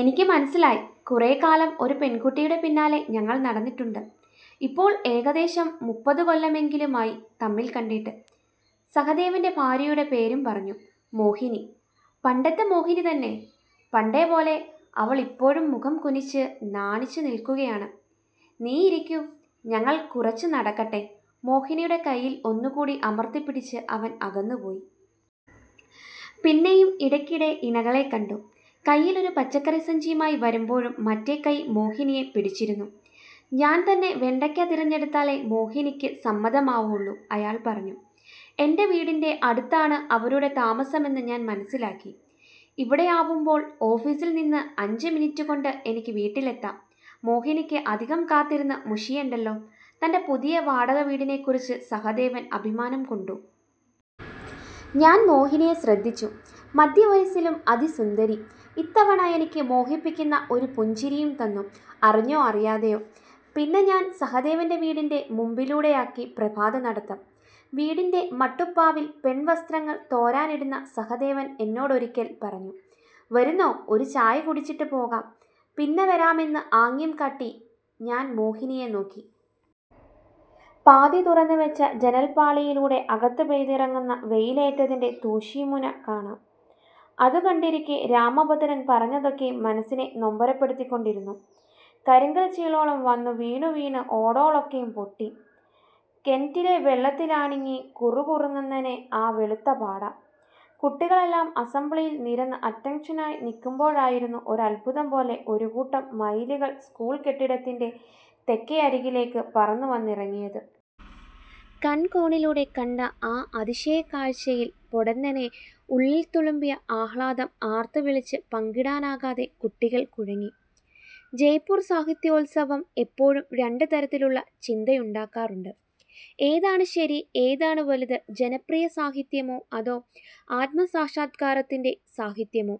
എനിക്ക് മനസ്സിലായി. കുറേക്കാലം ഒരു പെൺകുട്ടിയുടെ പിന്നാലെ ഞങ്ങൾ നടന്നിട്ടുണ്ട്. ഇപ്പോൾ ഏകദേശം മുപ്പതുകൊല്ലമെങ്കിലുമായി തമ്മിൽ കണ്ടിട്ട്. സഹദേവന്റെ ഭാര്യയുടെ പേരുപറഞ്ഞു:മോഹിനി. പണ്ടത്തെ മോഹിനി തന്നെ. പണ്ടേപ്പോലെ അവൾ ഇപ്പോഴും മുഖംകുനിച്ച് നാണിച്ചു നിൽക്കുകയാണ്. ''നീയിരിക്കൂ. ഞങ്ങൾ കുറച്ചുനടക്കട്ടെ. ''മോഹിനിയുടെ കൈയിൽ ഒന്നുകൂടി അമർത്തിപ്പിടിച്ച് അവൻ അകന്നുപോയി. പിന്നെയും ഇടയ്ക്കിടെ ഇണകളെ കണ്ടു. കൈയിലൊരു പച്ചക്കറിസഞ്ചിയുമായി വരുമ്പോഴും മറ്റേക്കൈ മോഹിനിയെ പിടിച്ചിരുന്നു. ''ഞാൻതന്നെ വെണ്ടയ്ക്ക തിരഞ്ഞെടുത്താലേ മോഹിനിക്ക് സമ്മതമാവുള്ളൂ'',അയാൾ പറഞ്ഞു. എന്റെ വീടിന്റെ അടുത്താണ് അവരുടെ താമസമെന്ന് ഞാൻ മനസ്സിലാക്കി. ''ഇവിടെയാവുമ്പോൾ ഓഫീസിൽനിന്ന് അഞ്ചുമിനിട്ടുകൊണ്ട് എനിക്ക് വീട്ടിലെത്താം. മോഹിനിക്ക് അധികം കാത്തിരുന്ന് മുഷിയണ്ടല്ലോ. '',തന്റെ പുതിയ വാടകവീടിനെക്കുറിച്ച് സഹദേവൻ അഭിമാനംകൊണ്ടു. ഞാൻ മോഹിനിയെ ശ്രദ്ധിച്ചു. മധ്യവയസ്സിലും അതിസുന്ദരി. ഇത്തവണ എനിക്ക് മോഹിപ്പിക്കുന്ന ഒരു പുഞ്ചിരിയും തന്നു. അറിഞ്ഞോ അറിയാതെയോ. പിന്നെ ഞാൻ സഹദേവന്റെ വീടിന്റെ മുമ്പിലൂടെയാക്കി പ്രഭാതനടത്തം. വീടിന്റെ മട്ടുപ്പാവിൽ പെൺവസ്ത്രങ്ങൾ തോരാനിടുന്ന സഹദേവൻ എന്നോടൊരിക്കൽ പറഞ്ഞു:''വരൂന്നേ, ഒരു ചായകുടിച്ചിട്ട് പോകാം. ''പിന്നെവരാമെന്ന് ആംഗ്യംകാട്ടി ഞാൻ മോഹിനിയെ നോക്കി. പാതി തുറന്നുവെച്ച ജനൽപ്പാളിയിലൂടെ അകത്ത് പെയ്തിറങ്ങുന്ന വെയിലേറ്റത്തിന്റെ തൂശിമുന കാണാം. അതുകണ്ടിരിക്കെ രാമഭദ്രൻ പറഞ്ഞതൊക്കെയും മനസ്സിനെ നൊമ്പരപ്പെടുത്തിക്കൊണ്ടിരുന്നു. ''കരിങ്കൽച്ചീളോള് വന്നു വീണുവീണ് ഓടോളൊക്കേം പൊട്ടി. കെന്റിലെ വെള്ളത്തിലാണങ്ങി കുറുകുറുന്നനെ ആ വെളുത്ത പാട. കുട്ടികളെല്ലാം അസംബ്ലിയില് നിരന്ന് അറ്റന്ഷനായി നില്ക്കുമ്പോഴായിരുന്നു ഒരദ്ഭുതംപോലെ, ഒരുകൂട്ടം മയിലുകള് സ്കൂള് കെട്ടിടത്തിന്റെ തെക്കേയരികിലേക്ക് പറന്നുവന്നിറങ്ങിയത്. കണ്കോണുകളിലൂടെ കണ്ട ആ അതിശയക്കാഴ്ചയില് പൊടുന്നനെ ഉള്ളില്ത്തുളുമ്പിയ ആഹ്ലാദം ആര്ത്തുവിളിച്ച് പങ്കിടാനാകാതെ കുട്ടികള് കുഴങ്ങി. ജയ്പൂര് സാഹിത്യോത്സവം എപ്പോഴും രണ്ട് തരത്തിലുള്ള ചിന്തയുണ്ടാക്കാറുണ്ട്:ഏതാണ് ശരി. ഏതാണ് വലുത്. ജനപ്രിയസാഹിത്യമോ അതോ'ആത്മസാക്ഷാത്കാര'ത്തിന്റെ സാഹിത്യമോ.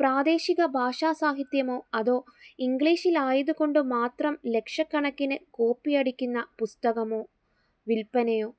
പ്രാദേശിക ഭാഷാ സാഹിത്യമോ അതോ ഇംഗ്ലീഷിലായതുകൊണ്ടുമാത്രം ലക്ഷക്കണക്കിന് കോപ്പി അടിയ്ക്കുന്ന പുസ്തകമോ. വില്പ്പനയോ